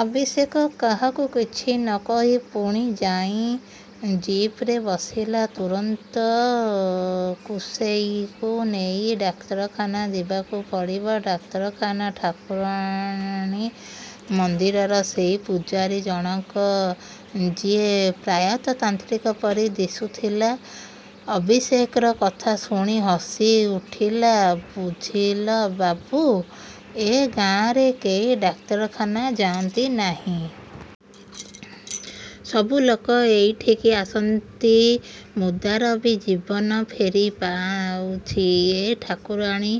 ଅଭିଷେକ କାହାକୁ କିଛି ନକହି ପୁଣି ଯାଇ ଜିପରେ ବସିଲା। ତୁରନ୍ତ କୁସେଇକୁ ନେଇ ଡାକ୍ତରଖାନା ଯିବାକୁ ପଡ଼ିବ। ଡାକ୍ତରଖାନା? ଠାକୁରାଣୀ ମନ୍ଦିରର ସେଇ ପୂଜାରୀ ଜଣକ, ଯିଏ ପ୍ରାୟତଃ ତାନ୍ତ୍ରିକ ପରି ଦିଶୁଥିଲା, ଅଭିଷେକର କଥା ଶୁଣି ହସି ଉଠିଲା।: ବୁଝିଲ ବାବୁ, ଏ ଗାଁରେ କେହି ଡାକ୍ତରଖାନା ଯାଆନ୍ତି ନାହିଁ। ସବୁ ଲୋକ ଏଇଠିକି ଆସନ୍ତି। ମୁର୍ଦ୍ଦାର ବି ଜୀବନ ଫେରି ପାଇଛି ଏ ଠାକୁରାଣୀ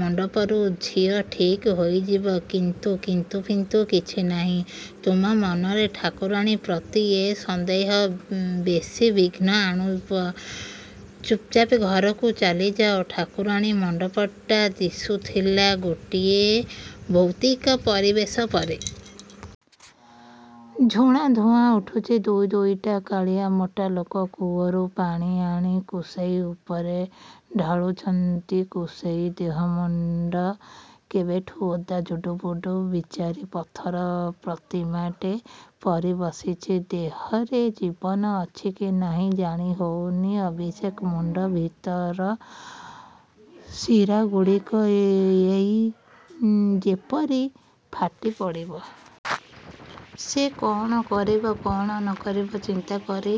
ମଣ୍ଡପରୁ। ଝିଅ ଠିକ୍ ହୋଇଯିବ।: କିନ୍ତୁ?: କିନ୍ତୁ ଫିନ୍ତୁ କିଛି ନାହିଁ। ତମ ମନରେ ଠାକୁରାଣୀ ପ୍ରତି ଏ ସନ୍ଦେହ ବେଶୀ ବିଘ୍ନ ଆଣିବ। ଚୁପ୍ଚାପ୍ ଘରକୁ ଚାଲିଯାଅ। ଠାକୁରାଣୀ ମଣ୍ଡପଟା ଦିଶୁଥିଲା ଗୋଟାଏ ଭୌତିକ ପରିବେଶ ପରି। ଝୁଣା ଧୂଆଁ ଉଠୁଛି। ଦୁଇ ଦୁଇଟା କାଳିଆ ମୋଟା ଲୋକ କୂଅରୁ ପାଣି ଆଣି କୁସେଇ ଉପରେ ଢାଳୁଛନ୍ତି। କୁସେଇ ଦେହ ମୁଣ୍ଡ କେବେଠୁ ଓଦା ଜୁଡ଼ୁବୁଡ଼ୁ। ବିଚାରୀ ପଥର ପ୍ରତିମାଟେ ପରି ବସିଛି। ଦେହରେ ଜୀବନ ଅଛି କି ନାହିଁ ଜାଣି ହେଉନି। ଅଭିଷେକ ମୁଣ୍ଡ ଭିତରର ଶିରାଗୁଡ଼ିକ ଏଇ ଯେପରି ଫାଟିପଡ଼ିବ। ସେ କଣ କରିବ, କଣ ନ କରିବ ଚିନ୍ତା କରି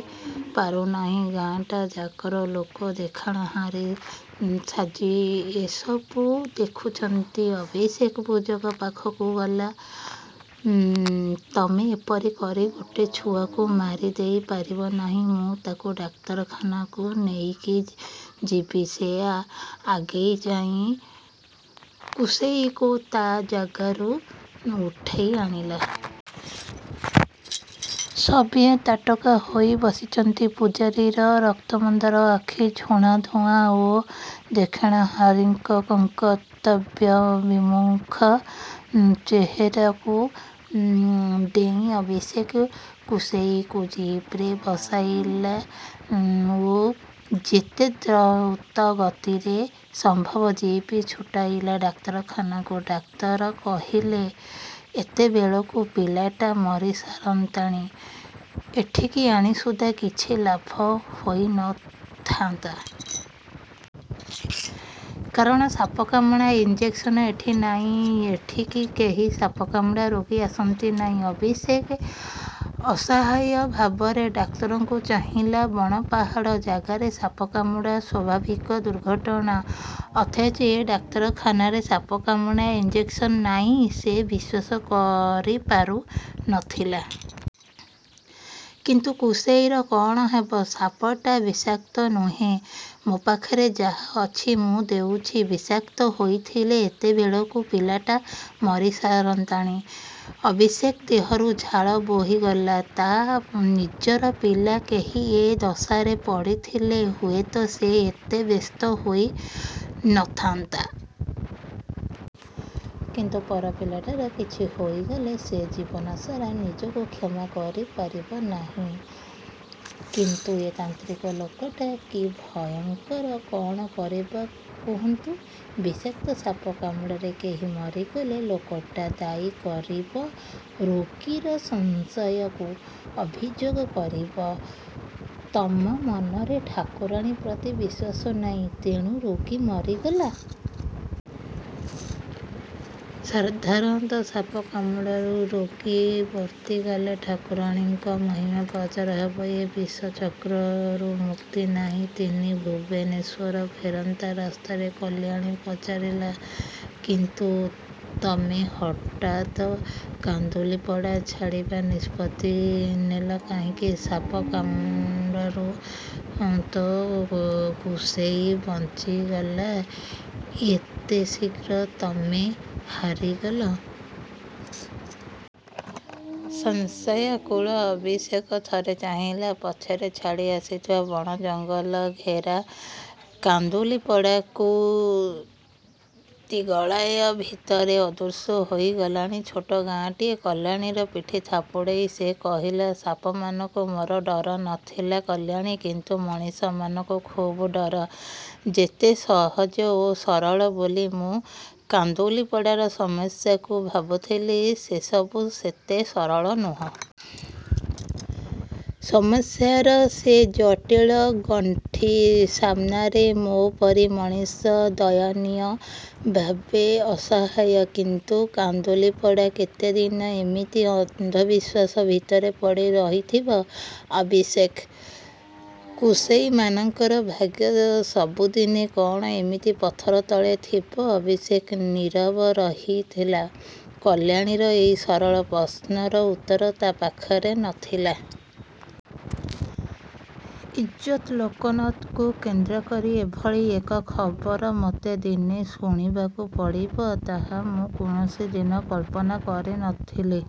ପାରୁନାହିଁ। ଗାଁଟାଯାକର ଲୋକେ ଦେଖଣାହାରି ସାଜି ଏସବୁ ଦେଖୁଛନ୍ତି। ଅଭିଷେକ ପୂଜକ ପାଖକୁ ଗଲା–ତମେ ଏପରି କରି ଗୋଟେ ଛୁଆକୁ ମାରି ଦେଇ ପାରିବ ନାହିଁ। ମୁଁ ତାକୁ ଡାକ୍ତରଖାନାକୁ ନେଇକି ଯିବି। ସେ ଆଗେଇ ଯାଇ କୁସେଇକୁ ତା ଜାଗାରୁ ଉଠେଇ ଆଣିଲା। ସଭିଏଁ ତାଟକା ହୋଇ ବସିଛନ୍ତି। ପୂଜାରୀର ରକ୍ତମନ୍ଦାର ଆଖି, ଝୁଣା ଧୂଆଁ ଓ ଦେଖଣାହାରିଙ୍କ କିଂକର୍ତ୍ତବ୍ୟବିମୂଢ଼ ଚେହେରାକୁ ଡେଇଁ ଅଭିଷେକ କୁସେଇକୁ ଜିପରେ ବସେଇଲା ଓ ଯେତେ ଦ୍ରୁତ ଗତିରେ ସମ୍ଭବ ଜିପ୍ ଛୁଟେଇଲା ଡାକ୍ତରଖାନାକୁ। ଡାକ୍ତର କହିଲେ, "ଏତେବେଳକୁ ପିଲାଟା ମରିସାରନ୍ତାଣି। ଏଠିକି ଆଣି ସୁଦ୍ଧା କିଛି ଲାଭ ହୋଇ ନ ଥାନ୍ତା। କାରଣ ସାପକାମୁଡ଼ା ଇଞ୍ଜେକସନ୍ ଏଠି ନାହିଁ। ଏଠିକି କେହି ସାପକାମୁଡ଼ା ରୋଗୀ ଆସନ୍ତି ନାହିଁ।। " ଅଭିଷେକ ଅସହାୟ ଭାବରେ ଡାକ୍ତରଙ୍କୁ ଚାହିଁଲା। ବଣ ପାହାଡ଼ ଜାଗାରେ ସାପ କାମୁଡ଼ା ସ୍ୱାଭାବିକ ଦୁର୍ଘଟଣା। ଅଥଚ ଏ ଡାକ୍ତରଖାନାରେ ସାପକାମୁଡ଼ା ଇଞ୍ଜେକ୍ସନ୍ ନାହିଁ। ସେ ବିଶ୍ୱାସ କରିପାରୁ ନଥିଲା।: କିନ୍ତୁ କୁସେଇର କ'ଣ ହେବ?: ସାପଟା ବିଷାକ୍ତ ନୁହେଁ। ମୋ ପାଖେ ଯାହା ଅଛି ମୁଁ ଦେଉଛି। ବିଷାକ୍ତ ହୋଇଥିଲେ ଏତେବେଳକୁ ପିଲାଟା ମରିସାରନ୍ତାଣି। ଅଭିଷେକ ଦେହରୁ ଝାଳ ବୋହିଗଲା। ତା ନିଜର ପିଲା କେହି ଏ ଦଶାରେ ପଡ଼ିଥିଲେ ହୁଏତ ସେ ଏତେ ବ୍ୟସ୍ତ ହୋଇ ନ ଥାନ୍ତା। କିନ୍ତୁ ପର ପିଲାଟାର କିଛି ହୋଇଗଲେ ସେ ଜୀବନସାରା ନିଜକୁ କ୍ଷମା କରିପାରିବ ନାହିଁ।: କିନ୍ତୁ ଏ ତାନ୍ତ୍ରିକ ଲୋକଟା କି ଭୟଙ୍କର?: କଣ କରିବା କୁହନ୍ତୁ? ବିଷାକ୍ତ ସାପ କାମୁଡ଼ାରେ କେହି ମରିଗଲେ ଲୋକଟା ଦାୟୀ କରିବ ରୋଗୀର ସଂଶୟକୁ। ଅଭିଯୋଗ କରିବ, ତମ ମନରେ ଠାକୁରାଣୀ ପ୍ରତି ବିଶ୍ୱାସ ନାହିଁ, ତେଣୁ ରୋଗୀ ମରିଗଲା। ସାଧାରଣ ସାପ କାମୁଡ଼ାରୁ ରୋଗୀ ବର୍ତ୍ତିଗଲେ ଠାକୁରାଣୀଙ୍କ ମହିମା ପ୍ରଚାର ହେବ। ଏ ବିଷଚକ୍ରରୁ ମୁକ୍ତି ନାହିଁ। ତିନି। ଭୁବନେଶ୍ୱର ଫେରନ୍ତା ରାସ୍ତାରେ କଲ୍ୟାଣୀ ପଚାରିଲା, "କିନ୍ତୁ ତମେ ହଠାତ୍ କାନ୍ଦୁଲିପଡ଼ା ଛାଡ଼ିବା ନିଷ୍ପତ୍ତି ନେଲ କାହିଁକି? ସାପ କାମୁଡ଼ାରୁ ତ କୁସେଇ ବଞ୍ଚିଗଲା। ଏତେ ଶୀଘ୍ର ତମେ ହାରିଗଲ? " ସଂଶୟାକୁଳ ଅଭିଷେକ ଥରେ ଚାହିଁଲା ପଛରେ ଛାଡ଼ି ଆସିଥିବା ବଣଜଙ୍ଗଲ ଘେରା କାନ୍ଦୁଲିପଡ଼ାକୁ। ଦିଗ୍ବଳୟ ଭିତରେ ଅଦୃଶ୍ୟ ହୋଇଗଲାଣି ଛୋଟ ଗାଆଁଟି। କଲ୍ୟାଣୀର ପିଠି ଥାପୁଡ଼େଇ ସେ କହିଲା, ସାପମାନଙ୍କୁ ମୋର ଡର ନ ଥିଲା କଲ୍ୟାଣୀ, କିନ୍ତୁ ମଣିଷମାନଙ୍କୁ ଖୁବ୍ ଡର। ଯେତେ ସହଜ ଓ ସରଳ ବୋଲି ମୁଁ କାନ୍ଦୁଲିପଡ଼ାର ସମସ୍ୟାକୁ ଭାବୁଥିଲି ସେସବୁ ସେତେ ସରଳ ନୁହେଁ। ସମସ୍ୟାର ସେ ଜଟିଳ ଗଣ୍ଠି ସାମ୍ନାରେ ମୋ ପରି ମଣିଷ ଦୟନୀୟ ଭାବେ ଅସହାୟ!: କିନ୍ତୁ କାନ୍ଦୁଲିପଡ଼ା କେତେ ଦିନ ଏମିତି ଅନ୍ଧବିଶ୍ୱାସ ଭିତରେ ପଡ଼ି ରହିଥିବ ଅଭିଷେକ-? କୁସେଇମାନଙ୍କର ଭାଗ୍ୟ ସବୁଦିନେ କ'ଣ ଏମିତି ପଥର ତଳେ ଥିବ? ଅଭିଷେକ ନିରବ ରହିଥିଲା। କଲ୍ୟାଣୀର ଏହି ସରଳ ପ୍ରଶ୍ନର ଉତ୍ତର ତା ପାଖରେ ନ ଥିଲା। ଇଜ୍ଜତ ଲୋକନାଥକୁ କେନ୍ଦ୍ରକରି ଏଭଳି ଏକ ଖବର ମୋତେ ଦିନେ ଶୁଣିବାକୁ ପଡ଼ିବ, ତାହା ମୁଁ କୌଣସି ଦିନ କଳ୍ପନା କରି ନଥିଲି।